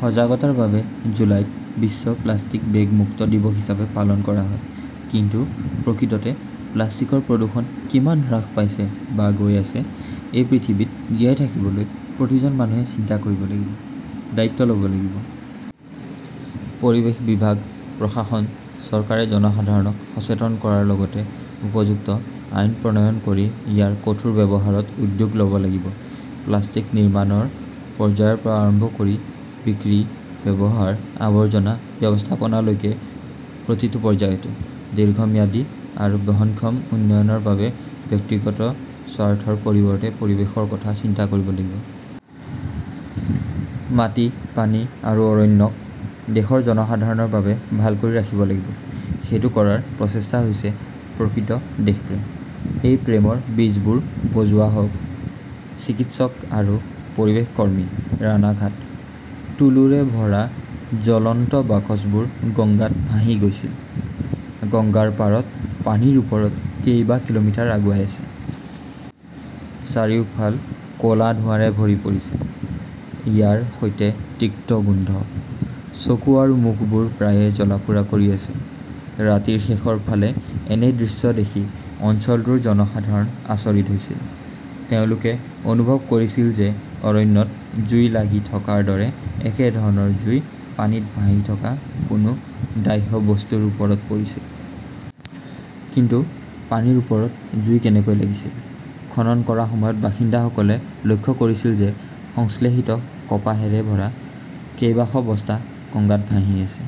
সজাগতাৰ বাবে জুলাইত বিশ্ব প্লাষ্টিক বেগ মুক্ত দিৱস হিচাপে পালন কৰা হয়। কিন্তু প্ৰকৃততে প্লাষ্টিকৰ প্ৰদূষণ কিমান হ্ৰাস পাইছে বা গৈ আছে? এই পৃথিৱীত জীয়াই থাকিবলৈ প্ৰতিজন মানুহে চিন্তা কৰিব লাগিব, দায়িত্ব ল'ব লাগিব। পৰিৱেশ বিভাগ, প্ৰশাসন, চৰকাৰে জনসাধাৰণক সচেতন কৰাৰ লগতে উপযুক্ত আইন প্ৰণয়ন কৰি ইয়াৰ কঠোৰ ব্যৱহাৰত উদ্যোগ ল'ব লাগিব। প্লাষ্টিক নিৰ্মাণৰ পৰ্যায়ৰ পৰা আৰম্ভ কৰি বিক্ৰী, ব্যৱহাৰ, আৱৰ্জনা ব্যৱস্থাপনালৈকে প্ৰতিটো পৰ্যায়তে। দীৰ্ঘম্যাদী আৰু বহনক্ষম উন্নয়নৰ বাবে ব্যক্তিগত স্বাৰ্থৰ পৰিৱৰ্তে পৰিৱেশৰ কথা চিন্তা কৰিব লাগিব। মাটি, পানী আৰু অৰণ্যক দেশৰ জনসাধাৰণৰ বাবে ভাল কৰি ৰাখিব লাগিব। সেইটো কৰাৰ প্ৰচেষ্টা হৈছে প্ৰকৃত দেশপ্ৰেম। এই প্ৰেমৰ বীজবোৰ বজোৱা হওক। চিকিৎসক আৰু পৰিৱেশ কৰ্মী, ৰাণাঘাট। তুলোৰে ভৰা জ্বলন্ত বাকচবোৰ গঙ্গাত ভাহি গৈছিল গংগাৰ পাৰত পানীৰ ওপৰত কেইবা কিলোমিটাৰ আগুৱাই আছে। চাৰিওফাল ক'লা ধোঁৱাৰে ভৰি পৰিছিল। ইয়াৰ সৈতে তিক্ত গোন্ধ। চকু আৰু মুখবোৰ প্ৰায়ে জ্বলা-পোৰা কৰি আছে। ৰাতিৰ শেষৰ ফালে এনে দৃশ্য দেখি অঞ্চলটোৰ জনসাধাৰণ আচৰিত হৈছিল। তেওঁলোকে অনুভৱ কৰিছিল যে অৰণ্যত জুই লাগি থকাৰ দৰে একে ধৰণৰ জুই পানীত ভাহি থকা কোনো দাহ্য বস্তুৰ ওপৰত পৰিছিল। কিন্তু পানীৰ ওপৰত জুই কেনেকৈ লাগিছিল? খনন কৰাৰ সময়ত বাসিন্দাসকলে লক্ষ্য কৰিছিল যে সংশ্লেষিত কপাহৰে ভৰা কেইবাশ বস্তা গঙ্গাত ভাহি আছে।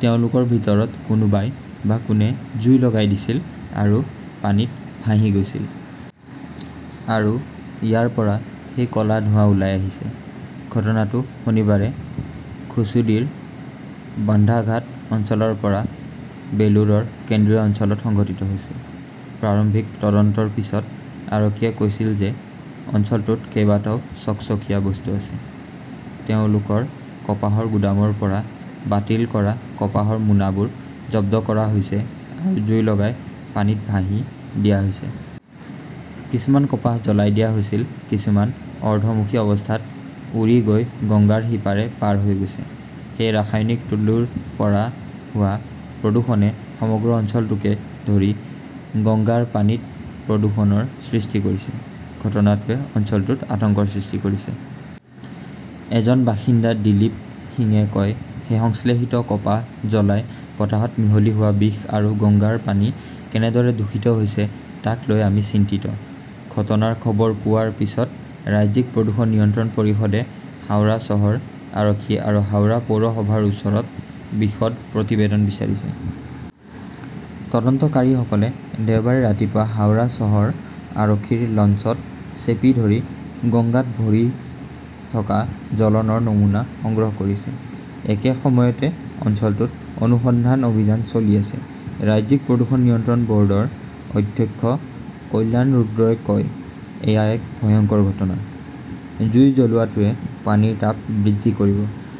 তেওঁলোকৰ ভিতৰত কোনোবাই বা কোনে জুই লগাই দিছিল আৰু পানীত ভাহি গৈছিল। আৰু ইয়াৰ পৰা সেই ক'লা ধোঁৱা ওলাই আহিছে। ঘটনাটো শনিবাৰে ঘুছুডিৰ বান্ধাঘাট অঞ্চলৰ পৰা বেলুৰৰ কেন্দ্ৰীয় অঞ্চলত সংঘটিত হৈছিল। প্ৰাৰম্ভিক তদন্তৰ পিছত আৰক্ষীয়ে কৈছিল যে অঞ্চলটোত কেইবাটাও চকচকীয়া বস্তু আছে। তেওঁলোকৰ কপাহৰ গুদামৰ পৰা বাতিল কৰা কপাহৰ মোনাবোৰ জব্দ কৰা হৈছে আৰু জুই লগাই পানীত ভাহি দিয়া হৈছে। কিছুমান কপাহ জ্বলাই দিয়া হৈছিল। কিছুমান অৰ্ধমুখী অৱস্থাত উৰি গৈ গংগাৰ সিপাৰে পাৰ হৈ গৈছে। সেই ৰাসায়নিক তুলোৰ পৰা হোৱা প্ৰদূষণে সমগ্ৰ অঞ্চলটোকে ধৰি গংগাৰ পানীত প্ৰদূষণৰ সৃষ্টি কৰিছে। ঘটনাটোৱে অঞ্চলটোত আতংকৰ সৃষ্টি কৰিছে। এজন বাসিন্দা দিলীপ সিঙে কয়, সেই সংশ্লেষিত কপাহ জ্বলাই বতাহত মিহলি হোৱা বিষ আৰু গংগাৰ পানী কেনেদৰে দূষিত হৈছে তাক লৈ আমি চিন্তিত। ঘটনাৰ খবৰ পোৱাৰ পিছত ৰাজ্যিক প্ৰদূষণ নিয়ন্ত্ৰণ পৰিষদে হাওৰা চহৰ আৰক্ষী আৰু হাওৰা পৌৰসভাৰ ওচৰত বিশদ প্ৰতিবেদন বিচাৰিছে। তদন্তকাৰীসকলে দেওবাৰে ৰাতিপুৱা হাওৰা চহৰ আৰক্ষীৰ লঞ্চত চেপি ধৰি গঙ্গাত ভৰি থকা জ্বলনৰ নমুনা সংগ্ৰহ কৰিছিল। একে সময়তে অঞ্চলটোত অনুসন্ধান অভিযান চলি আছে। ৰাজ্যিক প্ৰদূষণ নিয়ন্ত্ৰণ বৰ্ডৰ অধ্যক্ষ কল্যাণ ৰুদ্ৰই কয়, এয়া এক ভয়ংকৰ ঘটনা। জুই জ্বলোৱাটোৱে পানীৰ তাপ বৃদ্ধি কৰিব।